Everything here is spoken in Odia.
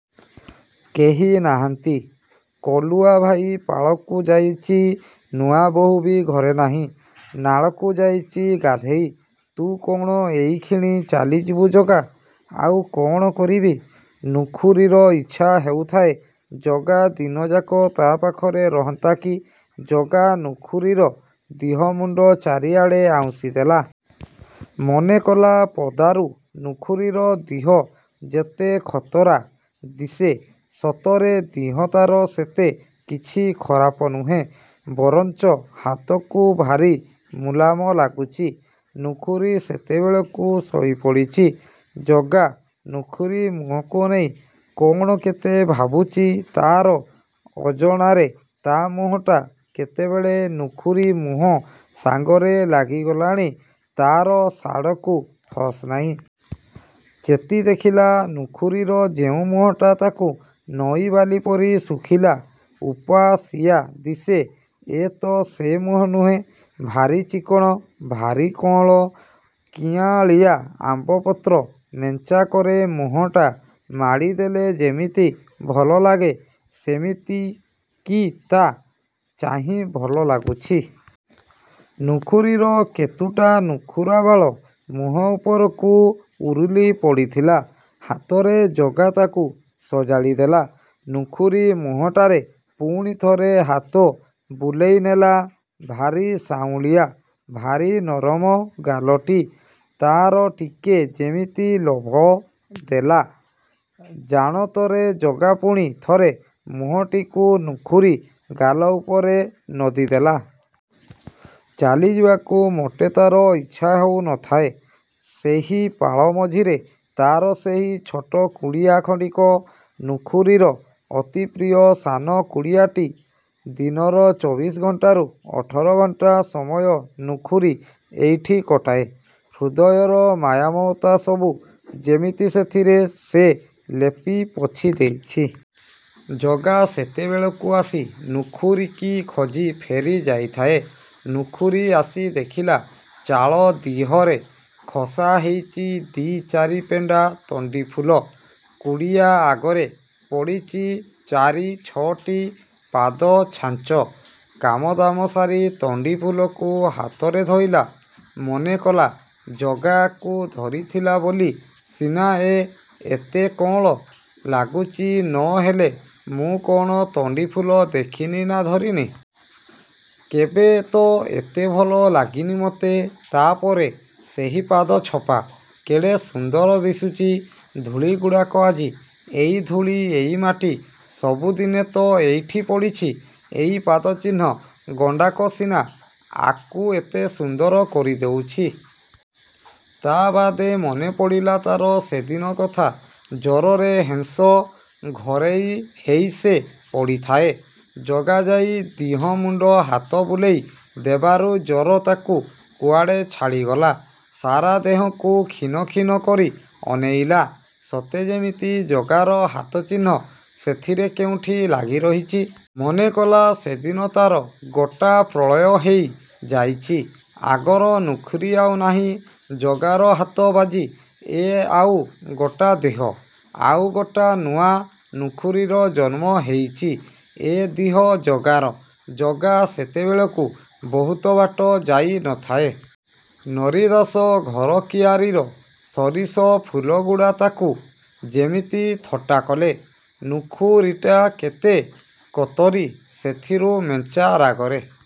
କେହି ନାହାନ୍ତି। କଲୁଆ ଭାଇ ପାଳକୁ ଯାଇଚି, ନୂଆବୋଉ ବି ଘରେ ନାଇ, ନାଳକୁ ଯାଇଚି ଗାଧେଇ। –ତୁ କଣ ଏଇଖିଣି ଚାଲିଯିବୁ ଜଗା! –ଆଉ କଣ କରିବି? ନୁଖୁରୀର ଇଚ୍ଛା ହେଉଥାଏ, ଜଗା ଦିନଯାକ ତା ପାଖରେ ରହନ୍ତା କି। ଜଗା ନୁଖୁରୀର ଦିହମୁଣ୍ଡ ଚାରିଆଡେ ଆଉଁସି ଦେଲା। ମନେକଲା, ପଦାରୁ ନୁଖୁରୀର ଦିହ ଯେତେ ଖତରା ଦିଶେ ସତରେ ଦିହ ତାର ସେତେ କିଛି ଖରାପ ନୁହେଁ, ବରଞ୍ଚ ହାତକୁ ଭାରି ମୁଲାମ ଲାଗୁଚି। ନୁଖୁରୀ ସେତେବେଳକୁ ଶୋଇପଡ଼ିଚି। ଜଗା ନୁଖୁରୀ ମୁହଁକୁ ଅନେଇ କଣ କେତେ ଭାବୁଚି, ତାର ଅଜଣାରେ ତା ମୁହଁଟା କେତେବେଳେ ନୁଖୁରୀ ମୁହଁ ସାଙ୍ଗରେ ଲାଗିଗଲାଣି, ତାର ସାଡ଼କୁ ହୋସ୍ ନାହିଁ। ଚେତି ଦେଖିଲା, ନୁଖୁରୀର ଯେଉଁ ମୁହଁଟା ତାକୁ ନଈ ବାଲି ପରି ଶୁଖିଲା, ଉପାସିଆ ଦିଶେ, ଏ ତ ସେ ମୁହଁ ନୁହେଁ। ଭାରି ଚିକଣ, ଭାରି କଅଁଳ। କିଆଁଳିଆ ଆମ୍ୱପତ୍ର ମେଞ୍ଚାକରେ ମୁହଁଟା ମାଡ଼ିଦେଲେ ଯେମିତି ଭଲଲାଗେ, ସେମିତି କି ତା' ଚାହିଁ ଭଲ ଲାଗୁଛି। ନୁଖୁରୀର କେତୁଟା ନୁଖୁରା ବାଳ ମୁହଁ ଉପରକୁ ଉରୁଲି ପଡ଼ିଥିଲା, ହାତରେ ଜଗା ତାକୁ ସଜାଡ଼ି ଦେଲା। ନୁଖୁରୀ ମୁହଁଟାରେ ପୁଣି ଥରେ ହାତ ବୁଲେଇ ନେଲା–ଭାରି ଶାଉଁଳିଆ, ଭାରି ନରମ ଗାଲଟି, ତାର ଟିକେ ଯେମିତି ଲୋଭ ଦେଲା। ଜାଣତରେ ଜଗା ପୁଣି ଥରେ ମୁହଁଟିକୁ ନୁଖୁରୀ ଗାଲ ଉପରେ ନଦିଦେଲା। ଚାଲିଯିବାକୁ ମୋଟେ ତାର ଇଚ୍ଛା ହେଉ ନ ଥାଏ। ସେହି ପାଳ ମଝିରେ ତା'ର ସେହି ଛୋଟ କୁଡ଼ିଆ ଖଣ୍ଡିକ–ନୁଖୁରୀର ଅତି ପ୍ରିୟ ସାନ କୁଡ଼ିଆଟି। ଦିନର ଚବିଶ ଘଣ୍ଟାରୁ ଅଠର ଘଣ୍ଟା ସମୟ ନୁଖୁରୀ ଏଇଠି କଟାଏ। ହୃଦୟର ମାୟାମମତା ସବୁ ଯେମିତି ସେଥିରେ ସେ ଲେପି ପୋଛି ଦେଇଛି। ଜଗା ସେତେବେଳକୁ ଆସି ନୁଖୁରୀକି ଖଜି ଫେରି ଯାଇଥାଏ। ନୁଖୁରୀ ଆସି ଦେଖିଲା, ଚାଳ ଦିହରେ ଖସା ହେଇଚି ଦି ଚାରି ପେଣ୍ଡା ତଣ୍ଡିଫୁଲ, କୁଡ଼ିଆ ଅଗରେ ପଡ଼ିଚି ଚାରି ଛଟି ପାଦଛାଞ୍ଚ। କାମଦାମ ସାରି ତଣ୍ଡିଫୁଲକୁ ହାତରେ ଧଇଲା, ମନେ କଲା ଜଗା ଆକୁ ଧରିଥିଲା ବୋଲି ସିନା ଏ ଏତେ କଅଁଳ ଲାଗୁଚି ନ ହେଲେ ମୁଁ କଣ ତଣ୍ଡିଫୁଲ ଦେଖିନି ନା ଧରିନି। କେବେ ତ ଏତେ ଭଲ ଲାଗିନି ମୋତେ। ତା ପରେ ସେହି ପାଦ ଛପା। କେଡ଼େ ସୁନ୍ଦର ଦିଶୁଚି ଧୂଳିଗୁଡ଼ାକ ଆଜି। ଏଇ ଧୂଳି, ଏଇ ମାଟି, ସବୁଦିନେ ତ ଏଇଠି ପଡ଼ିଛି। ଏଇ ପାଦଚିହ୍ନ ଗଣ୍ଡାକ ସିନା ଆକୁ ଏତେ ସୁନ୍ଦର କରି ଦଉଚି। ତା ବାଦେ ମନେପଡ଼ିଲା ତାର ସେଦିନ କଥା। ଜରରେ ହେଁସ ଘରେଇ ହେଇ ସେ ପଡ଼ିଥାଏ। ଜଗା ଯାଇ ଦିହମୁଣ୍ଡ ହାତ ବୁଲେଇ ଦେବାରୁ ଜର ତାକୁ କୁଆଡ଼େ ଛାଡ଼ିଗଲା। ସାରା ଦେହକୁ ଖିନଖିନ କରି ଅନେଇଲା। ସତେ ଯେମିତି ଜଗାର ହାତଚିହ୍ନ ସେଥିରେ କେଉଁଠି ଲାଗିରହିଚି। ମନେକଲା, ସେଦିନ ତାର ଗୋଟା ପ୍ରଳୟ ହେଇ ଯାଇଚି। ଆଗର ନୁଖୁରୀ ଆଉ ନାହିଁ। ଜଗାର ହାତ ବାଜି ଏ ଆଉ ଗୋଟା ଦେହ, ଆଉ ଗୋଟା ନୁଆ ନୁଖୁରୀର ଜନ୍ମ ହେଇଚି। ଏ ଦିହ ଜଗାର। ଜଗା ସେତେବେଳେକୁ ବହୁତ ବାଟ ଯାଇ ନଥାଏ। ନରିଦାସ ଘର କିଆରୀର ସୋରିଷ ଫୁଲଗୁଡ଼ା ତାକୁ ଯେମିତି ଥଟ୍ଟା କଲେ। ନୁଖୁରୀଟା କେତେ କୋତରୀ। ସେଥିରୁ ମେଞ୍ଚା ରାଗରେ